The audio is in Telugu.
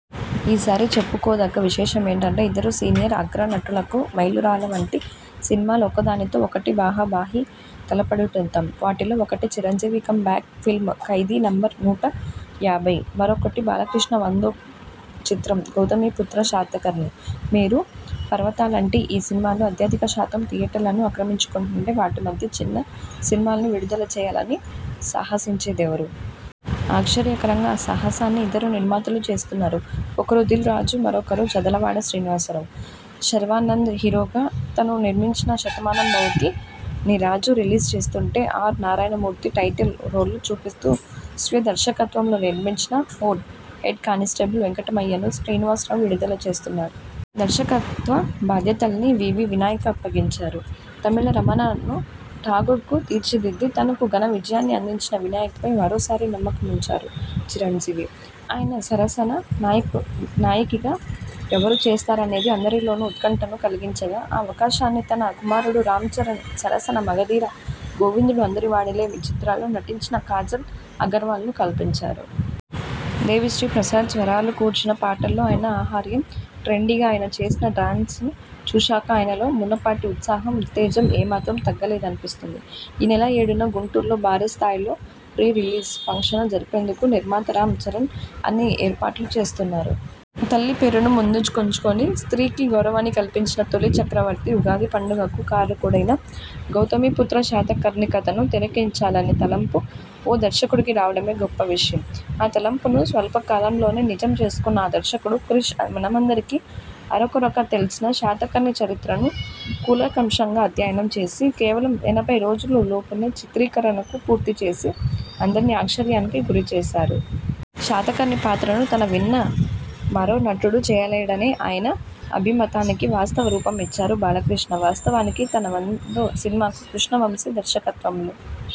ఈ సారి చెప్పుకోదగ్గ విశేషమేమంటే ఇద్దరు సీనియర్ అగ్ర నటులకు మైలురాళ్ల వంటి సినిమాలు ఒకదానితో ఒకటి బాహా బాహీ తలపడుతుండటం. వాటిలో ఒకటి Chiranjeevi comeback film 'Khaidi number నూట యాభై', మరొకటి బాలకృష్ణ వందో చిత్రం 'గౌతమిపుత్ర శాతకర్ణి'. మేరు పర్వతాల్లాంటి ఈ సినిమాలు అత్యధిక శాతం థియేటర్లను ఆక్రమించుకుంటుంటే, వాటి మధ్య చిన్న సినిమాల్ని విడుదల చేయాలని సాహసించేదెవరు! ఆశ్చర్యకరంగా ఆ సాహసాన్ని ఇద్దరు నిర్మాతలు చేస్తున్నారు. ఒకరు దిల్ రాజు, మరొకరు చదలవాడ శ్రీనివాసరావు. శర్వానంద్ హీరోగా తను నిర్మించిన 'శతమానం భవతి'ని రాజు రిలీజ్ చేస్తుంటే, ఆర్. నారాయణమూర్తిని టైటిల్ రోల్లో చూపిస్తూ స్వీయ దర్శకత్వంలో నిర్మించిన 'హెడ్ కానిస్టేబుల్ వెంకటమయ్య'ను శ్రీనివాసరావు విడుదల చేస్తున్నారు. దర్శకత్వ బాధ్యతల్ని వి. వి. వినాయక్కు అప్పగించారు. తమిళ 'రమణ'ను 'ఠాగూర్'గా తీర్చిదిద్ది, తనకు ఘన విజయాన్ని అందించిన వినాయక్పై మరోసారి నమ్మకముంచారు చిరంజీవి. ఆయన సరసన నాయికగా ఎవరు చేస్తారనేది అందరిలోనూ ఉత్కంఠను కలిగించగా, ఆ అవకాశాన్ని తన కుమారుడు రామ్చరణ్ సరసన 'మగధీర', 'గోవిందుడు అందరివాడేలే' చిత్రాల్లో నటించిన కాజల్ అగర్వాలును కల్పించారు. దేవిశ్రీ ప్రసాద్ స్వరాలు కూర్చిన పాటల్లో ఆయన ఆహార్యం, ట్రెండీగా ఆయన చేసిన డాన్స చూశాక ఆయనలో మునుపటి ఉత్సాహం, ఉత్తేజం ఏమాత్రం తగ్గలేదనిపిస్తోంది. ఈ నెల ఏడున గుంటూరులో భారీ స్థాయిలో ప్రీ రిలీజ్ ఫంక్షన జరిపేందుకు నిర్మాత రామ్ ఛరణ్ అన్ని ఏర్పాట్లూ చేస్తున్నారు. తల్లి పేరును ముందుంచు చుకొని స్త్రీ కి గౌరవాన్ని కల్పించిన తొలి చక్రవర్తి. ఉగాది పండుగకు కారకుడైన 'గౌతమిపుత్ర శాతకర్ణి' కథను తెరకెక్కించాలనే తలంపు ఓ దర్శకుడికి రావడమే గొప్ప విషయం. ఆ తలంపును స్వల్ప కాలంలోనే నిజం చేసుకొన్న ఆ దర్శకుడు క్రిష్. మనందరికీ అరకొరగా తెలిసిన శాతకర్ణి చరిత్రను కూలంకషంగా అధ్యయనం చేసి, కేవలం ఎనభై రోజుల లోపునే చిత్రీకరణకు పూర్తిచేసి, అందర్నీ ఆశ్చర్యానికి గురిచేశారు. శాతకర్ణి పాత్రను తను విన్న మరో నటుడు చేయలేడనే ఆయన అభిమతానికి వాస్తవ రూపమిచ్చారు బాలకృష్ణ. వాస్తవానికి తన వందో సినిమా కృష్ణవంశీ దర్శకత్వంలో